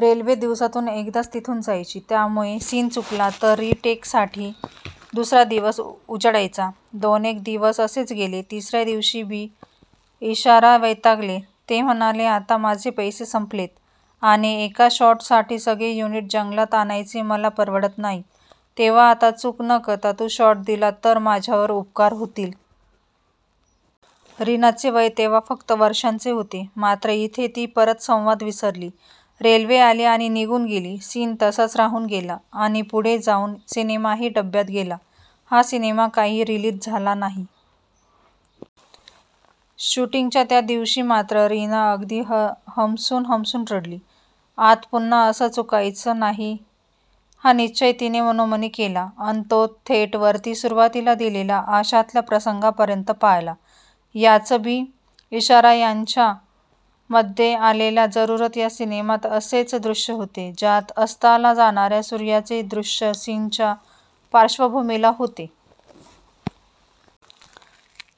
Railway दिवसातून एकदाच तिथून जायची. त्यामुळे सीन चुकला तर रिटेकसाठी दुसरा दिवस उजडायचा. दोनेक दिवस असेच गेले, तिसरया दिवशी बी. इशारा वैतागले ते म्हणाले आता माझे पैसे संपलेत आणि एका शॉटसाठी सगळे युनिट जंगलात आणायचे मला परवडत नाही तेंव्हा आता चूक न करता तू शॉट दिला तर माझ्यावर उपकार होतील. रीनाचे वय तेंव्हा फक्त वर्षांचे होते! मात्र इथे ती परत संवाद विसरली, रेल्वे आली आणि निघून गेली. सीन तसाच राहून गेला आणि पुढे जाऊन सिनेमाही डब्यात गेला. हा सिनेमा काही रिलीज झाला नाही. शुटींगच्या त्या दिवशी मात्र रीना अगदी हमसून हमसून रडली. आत पुन्हा असं चुकायचे नाही हा निश्चय तिने मनोमनी केला अन तो थेट वरती सुरुवातीला दिलेल्या 'आशा'तल्या प्रसंगापर्यंत पाळला! याच बी. इशारा यांच्या मध्ये आलेल्या 'जरुरत' या सिनेमात असेच दृश्य होते ज्यात अस्ताला जाणारया सूर्याचे दृश्य सीनच्या पार्श्वभूमीला होते.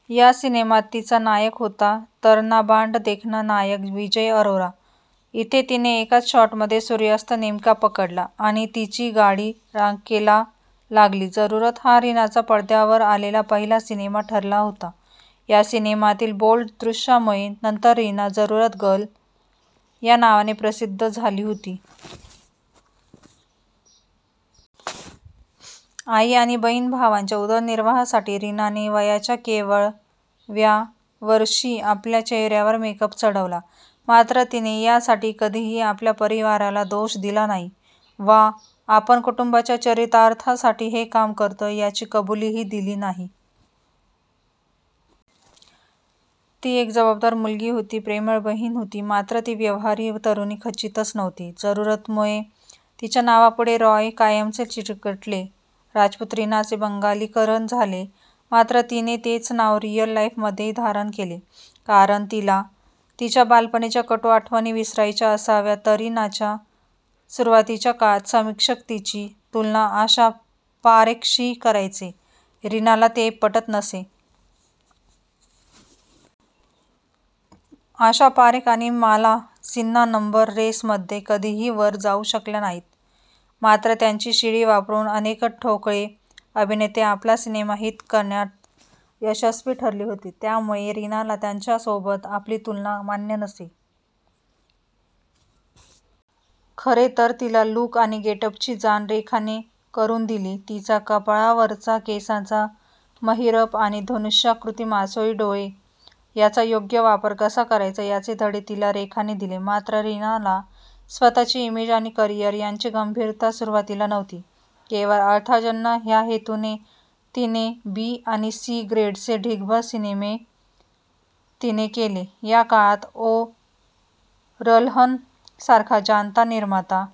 या सिनेमात तिचा नायक होता तरणाबांड देखणा नायक विजय अरोरा! इथे तिने एकाच शॉटमध्ये सूर्यास्त नेमका पकडला आणि तिची गाडी रांकेला लागली. 'जरुरत' हा रीनाचा पडद्यावर आलेला पहिला सिनेमा ठरला होता. या सिनेमातील बोल्ड दृश्यामुळे नंतर रीना 'जरुरत गर्ल' या नावाने प्रसिद्ध झाली होती. आई आणि बहिण-भावांच्या उदरनिर्वाहासाठी रीनाने वयाच्या केवळ व्या वर्षी आपल्या चेहऱ्यावर मेकअप चढवला मात्र तिने यासाठी कधीही आपल्या परिवाराला दोष दिला नाही वा आपण कुटुंबाच्या चरितार्थासाठी हे काम करतोय याची कबुलीही दिली नाही. ती एक जबाबदार मुलगी होती, प्रेमळ बहिण होती मात्र ती व्यवहारी तरुणी खचितच नव्हती! जरुरतमुळे तिच्या नावापुढे रॉय कायमचे चिकटले. राजपूत रीनाचे बंगालीकरण झाले, मात्र तिने तेच नाव रिअल लाईफमध्येही धारण केले कारण तिला तिच्या बालपणीच्या कटू आठवणीविसरायच्या असाव्यातरीनाच्या सुरुवातीच्या काळात समीक्षक तिची तुलना आशा पारेखशी करायचे, रीनाला ते पटत नसे. आशा पारेख आणि माला सिन्हा नंबर रेसमध्ये कधीही वर जाऊ शकल्या नाहीत मात्र त्यांची शिडी वापरून अनेक ठोकळे अभिनेते आपला सिनेमा हिट करण्यात यशस्वी ठरले होते त्यामुळे रीनाला त्यांच्यासोबत आपली तुलना मान्य नसे. खरे तर तिला 'लुक' आणि 'गेटअप'ची जाण रेखाने करून दिली. तिचा कपाळावरचा केसांचा महिरप आणि धनुष्याकृती मासोळी डोळे याचा योग्य वापर कसा करायचा याचे धडे तिला रेखाने दिले. मात्र रीनाला स्वतःची इमेज आणि करीअर यांची गंभीरता सुरुवातीला नव्हती, केवळ अर्थार्जन ह्या हेतूने तिने बी आणि सी ग्रेडचे ढीगभर सिनेमे तिने केले. या काळात ओ. रल्हन सारखा जाणता निर्माता